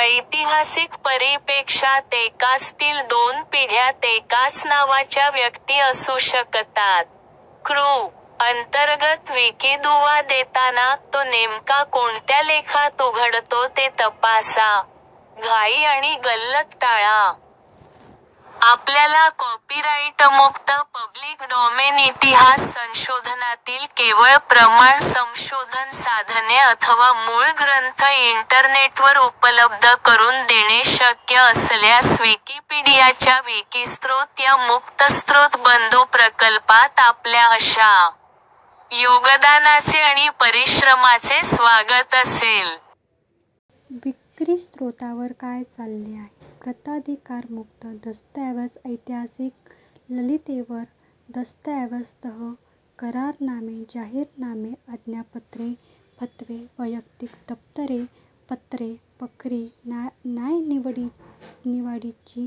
ऐतिहासिक परिपेक्षात एकाच तील दोन पिढ्यात एकाच नावाच्या व्यक्ती असु शकतात. कृ. अंतर्गत विकिदुवा देताना, तो नेमका कोणत्या लेखात उघडतो ते तपासा; घाई आणि गल्लत टाळा. आपल्याला कॉपीराइटमुक्त पब्लीक डॉमेन इतिहास संशोधनातील केवळ प्रमाण संशोधन साधने अथवा मूळ ग्रंथ इंटरनेटवर उपलब्ध करून देणे शक्य असल्यास विकिपीडियाच्या विकिस्रोत या मुक्तस्रोत बन्धू प्रकल्पात आपल्या अशा योगदानाचे आणि परिश्रमाचे स्वागत असेल. विकिस्रोतावर काय चालेल? प्रताधिकारमुक्त दस्तऐवज ऐतिहासिक ललितेतर दस्तऐवज तह/करारनामे, जाहीरनामे, आज्ञापत्रे, फतवे, वैयक्तिक दप्तरे/पत्रे, बखरी, न्यायनिवाड्याची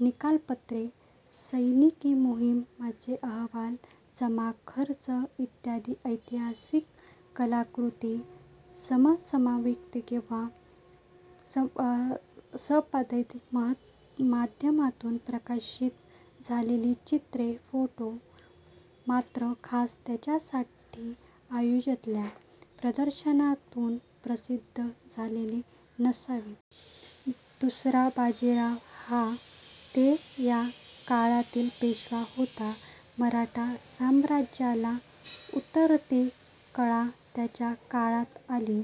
निकालपत्रे, सैनिकी मोहिमांचे अहवाल/जमाखर्च इत्यादी. ऐतिहासिक कलाकॄती समसमीक्षित किंवा संपादित माध्यमांतून प्रकाशित झालेली चित्रे/फोटो; मात्र खास त्यांच्यासाठी आयोजलेल्या प्रदर्शनांतून प्रसिद्ध झालेली नसावीत. दुसरा बाजीराव हा ते या काळातील पेशवा होता. मराठा साम्राज्याला उतरती कळा याच्याच काळात आली.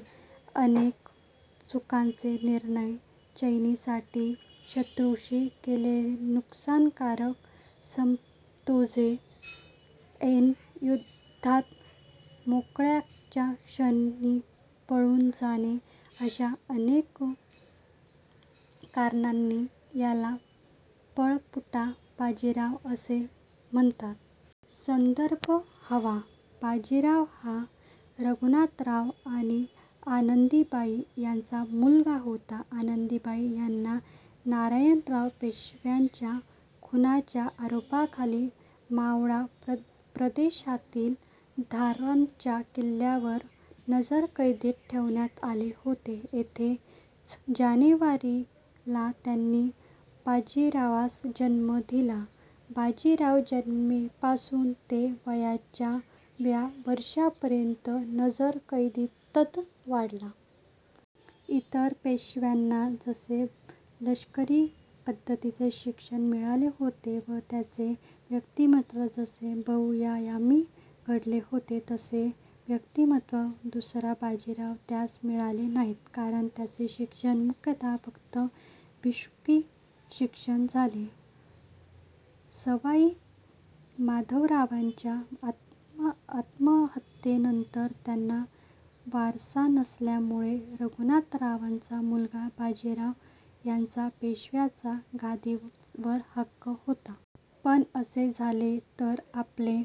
अनेक चुकीचे निर्णय, चैनीसाठी शत्रूंशी केलेले नुकसानकारक समझोते, ऐन युद्धात मोक्याच्या क्षणी पळून जाणे अशा अनेक कारणांनी याला पळपुटा बाजीराव असेही म्हणतात. संदर्भ हवा बाजीराव हा रघुनाथराव आणि आनंदीबाई यांचा मुलगा होता. आनंदीबाई यांना नारायणराव पेशव्यांच्या खुनाच्या आरोपाखाली माळवा प्रदेशातील धारच्या किल्ल्यात नजरकैदेत ठेवण्यात आले होते. येथेच जानेवारी ला त्यांनी बाजीरावास जन्म दिला. बाजीराव जन्मापासून ते वयाच्या व्या वर्षापर्यंत नजरकैदेतच वाढला. इतर पेशव्यांना जसे लष्करी पद्धतीचे शिक्षण मिळाले होते व त्यांचे व्यक्तिमत्त्व जसे बहुआयामी घडले होते, तसे व्यक्तिमत्त्व दुसरा बाजीराव यांस मिळाले नाही. कारण, त्याचे शिक्षण मुख्यतः फक्त भिक्षुकी शिक्षण झाले. सवाई माधवरावांच्या आत्महत्येनंतर त्यांना वारस नसल्यामुळे रघुनाथरावांचा मुलगा बाजीराव याचा पेशव्यांच्या गादीवर हक्क होता. पण असे झाले तर आपले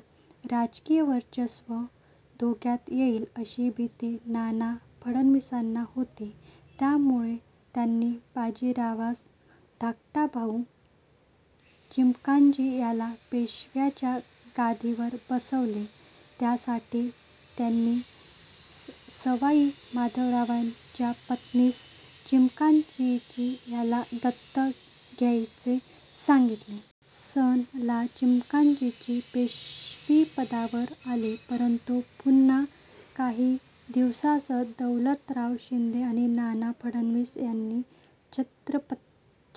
राजकीय वर्चस्व धोक्यात येईल अशी भीती नाना फडणवीसांना होती. त्यामुळे त्यांनी बाजीरावचा धाकटा भाऊ चिमणाजी याला पेशव्यांच्या गादीवर बसवले. त्यासाठी त्यांनी सवाई माधवरावांच्या पत्नीस चिमणाजी याला दत्तक घ्यावयाचे सांगितले. सन ला चिमणाजी पेशवेपदावर आले. परंतु पुन्हा काही दिवसांतच दौलतराव शिंदे आणि नाना फडणवीस यांनी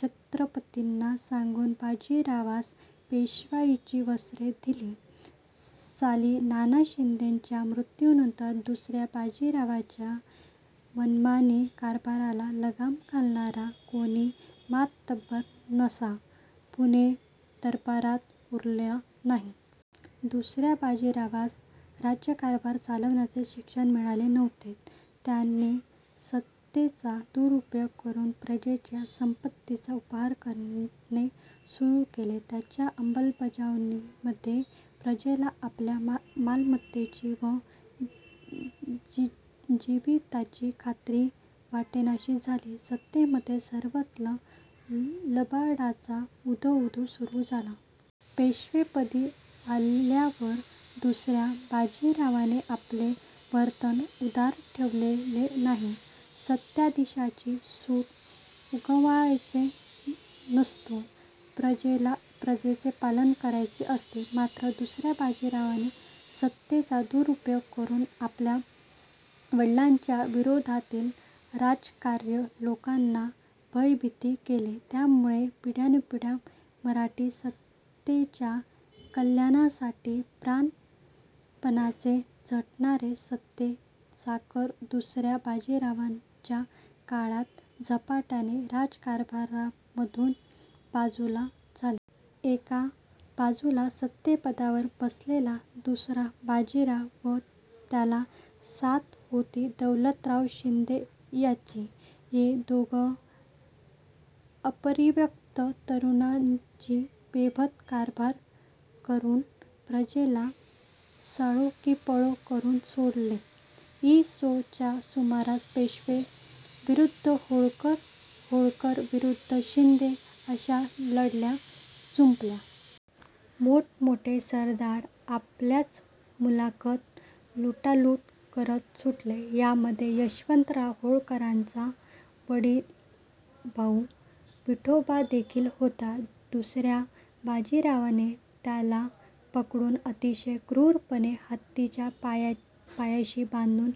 छत्रपतींना सांगून बाजीरावास पेशव्यांची वस्त्रे दिली. साली नाना फडणवीसांच्या मृत्यूनंतर दुस-या बाजीरावाच्या मनमानी कारभाराला लगाम घालणारा कोणी मातब्बर असा, पुणे दरबारात उरला नाही. दुस-या बाजीरावास राज्यकारभार चालविण्याचे शिक्षण मिळालेले नव्हते. त्याने सत्तेचा दुरुपयोग करून प्रजेच्या संपत्तीचा अपहार करणे सुरू केले. त्याच्या अंमलामध्ये प्रजेला आपल्या मालमत्तेची व जीविताची खात्री वाटेनाशी झाली. सत्तेमध्ये सर्वत्र लबाडांचा उदोउदो सुरू झाला. पेशवेपदी आल्यावर दुस-या बाजीरावाने आपले वर्तन उदार ठेविले नाही. सत्ताधीशाने सूड उगवावयाचा नसतो, प्रजेचे पालन करावयाचे असते, मात्र दुस-या बाजीरावाने सत्तेचा दुरुपयोग करून आपल्या वडिलांच्या विरोधातील राजकारणी लोकांना भयभीत केले. त्यामुळे पिढ्यानपिढ्या मराठी सत्तेच्या कल्याणासाठी प्राणपणाने झटणारे सत्तेचे चाकर दुस-या बाजीरावाच्या काळात झपाट्याने राज्यकारभारामधून बाजूला झाले. एका बाजूला सत्तापदावर बसलेला दुसरा बाजीराव व त्याला साथ होती दौलतराव शिंदे याची या दोघा अपरिपक्व तरुणांनी बेबंद कारभार करून प्रजेला सळो की पळो करून सोडले. इ. स. च्या सुमारास पेशवे विरुद्ध होळकर, होळकर विरुद्ध शिंदे अशा लढाया जुंपल्या. मोठमोठे सरदार आपल्याच मुलखात लुटालूट करत सुटले. यामध्ये यशवंतराव होळकराचा वडील भाऊ विठोजी देखील होता. दुस-या बाजीरावाने त्याला पकडून अतिशय क्रूरपणे हत्तीच्या पायाशी बांधून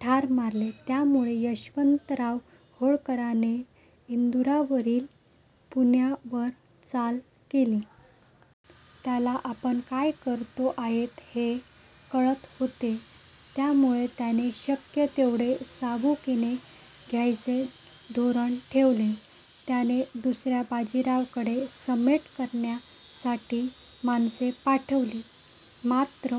ठार मारिला. त्यामुळे यशवंतराव होळकराने इंदूरवरून पुण्यावर चाल केली. त्याला आपण काय करतो आहोत हे कळत होते त्यामुळे त्याने शक्य तेवढे सबुरीने घ्यायचे धोरण ठेवले. त्याने दुस-या बाजीरावाकडे समेट करण्यासाठी माणसे पाठविली. मात्र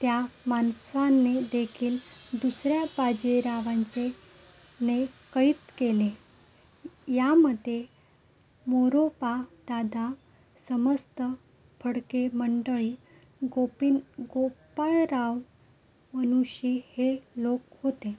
त्या माणसांना देखील दुस-या बाजीरावाने कैद केले. यामध्ये मोरोबादादा, समस्त फडके मंडळी, गोपाळवराव मुनशी हे लोक होते.